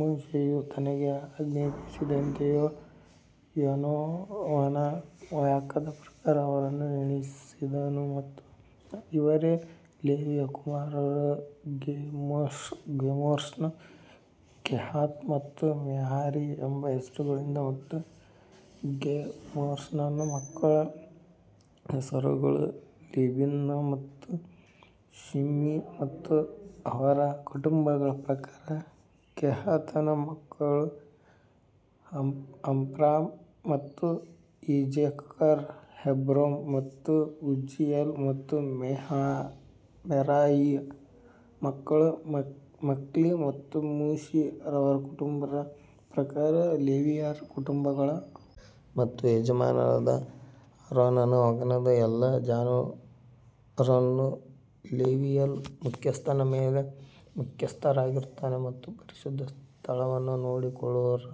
ಮೋಶೆಯು ತನಗೆ ಆಜ್ಞಾಪಿಸಿದಂತೆಯೇ ಯೆಹೋವನ ವಾಕ್ಯದ ಪ್ರಕಾರ ಅವರನ್ನು ಎಣಿಸಿದನು ಮತ್ತು ಇವರೇ ಲೇವಿಯ ಕುಮಾರರು ಗೇರ್ಷೋನ್, ಕೆಹಾತ್ ಮತ್ತು ಮೆರಾರಿ ಎಂಬ ಹೆಸರುಗಳಿಂದ ಮತ್ತು ಗೇರ್ಷೋನನ ಮಕ್ಕಳ ಹೆಸರುಗಳು ಲಿಬ್ನಿ ಮತ್ತು ಶಿಮ್ಮೀ ಮತ್ತು ಅವರ ಕುಟುಂಬಗಳ ಪ್ರಕಾರ ಕೆಹಾತನ ಮಕ್ಕಳು ಅಮ್ರಾಮ್ ಮತ್ತು ಇಜೆಹರ್ ಹೆಬ್ರೋನ್ ಮತ್ತು ಉಜ್ಜೀಯೇಲ್ ಮತ್ತು ಮೆರಾರಿಯ ಮಕ್ಕಳು ಮಹ್ಲಿ ಮತ್ತು ಮೂಷಿ ಅವರ ಕುಟುಂಬಗಳ ಪ್ರಕಾರ ಲೇವಿಯರ ಕುಟುಂಬಗಳು. ಮತ್ತು ಯಾಜಕನಾದ ಆರೋನನ ಮಗನಾದ ಎಲ್ಲಾಜಾರನು ಲೇವಿಯರ ಮುಖ್ಯಸ್ಥನ ಮೇಲೆ ಮುಖ್ಯಸ್ಥನಾಗಿರುತ್ತಾನೆ ಮತ್ತು ಪರಿಶುದ್ಧ ಸ್ಥಳವನ್ನು ನೋಡಿಕೊಳ್ಳುವವರ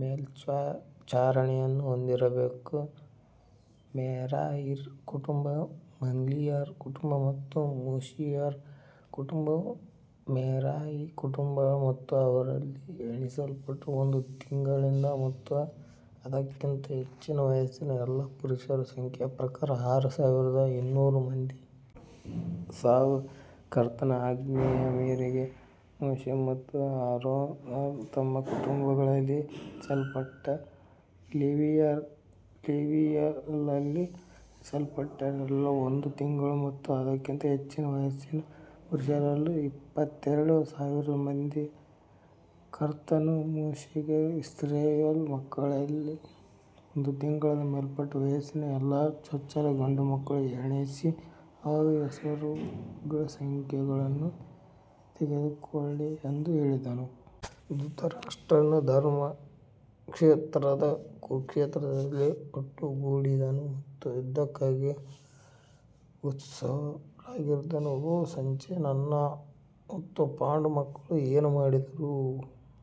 ಮೇಲ್ವಿಚಾರಣೆಯನ್ನು ಹೊಂದಿರಬೇಕು. ಮೆರಾರಿಯ ಕುಟುಂಬವು ಮಹ್ಲೀಯರ ಕುಟುಂಬ ಮತ್ತು ಮೂಷಿಯರ ಕುಟುಂಬವು ಮೆರಾರಿಯ ಕುಟುಂಬಗಳು. ಮತ್ತು ಅವರಲ್ಲಿ ಎಣಿಸಲ್ಪಟ್ಟವರು ಒಂದು ತಿಂಗಳಿನಿಂದ ಮತ್ತು ಅದಕ್ಕಿಂತ ಹೆಚ್ಚಿನ ವಯಸ್ಸಿನ ಎಲ್ಲಾ ಪುರುಷರ ಸಂಖ್ಯೆಯ ಪ್ರಕಾರ ಆರು ಸಾವಿರದ ಇನ್ನೂರು ಮಂದಿ. ಸಾವು ಕರ್ತನ ಆಜ್ಞೆಯ ಮೇರೆಗೆ ಮೋಶೆ ಮತ್ತು ಆರೋನರು ತಮ್ಮ ಕುಟುಂಬಗಳಲ್ಲಿ ಎಣಿಸಲ್ಪಟ್ಟ ಲೇವಿಯರಲ್ಲಿ ಎಣಿಸಲ್ಪಟ್ಟವರೆಲ್ಲರೂ ಒಂದು ತಿಂಗಳು ಮತ್ತು ಅದಕ್ಕಿಂತ ಹೆಚ್ಚಿನ ವಯಸ್ಸಿನ ಪುರುಷರೆಲ್ಲರೂ ಇಪ್ಪತ್ತೆರಡು ಸಾವಿರ ಮಂದಿ. ಕರ್ತನು ಮೋಶೆಗೆ ಇಸ್ರಾಯೇಲ್ ಮಕ್ಕಳಲ್ಲಿ ಒಂದು ತಿಂಗಳಿಂದ ಮೇಲ್ಪಟ್ಟ ವಯಸ್ಸಿನ ಎಲ್ಲಾ ಚೊಚ್ಚಲ ಗಂಡುಮಕ್ಕಳನ್ನು ಎಣಿಸಿ ಅವರ ಹೆಸರುಗಳ ಸಂಖ್ಯೆಯನ್ನು ತೆಗೆದುಕೊಳ್ಳಿ ಎಂದು ಹೇಳಿದನು. ಧೃತರಾಷ್ಟ್ರನು ಧರ್ಮಕ್ಷೇತ್ರದ ಕುರುಕ್ಷೇತ್ರದಲ್ಲಿ ಒಟ್ಟುಗೂಡಿದನು ಮತ್ತು ಯುದ್ಧಕ್ಕಾಗಿ ಉತ್ಸುಕನಾಗಿದ್ದೇನೆ ಓ ಸಂಜಯ್ ನನ್ನ ಮತ್ತು ಪಾಂಡು ಮಕ್ಕಳು ಏನು ಮಾಡಿದರು.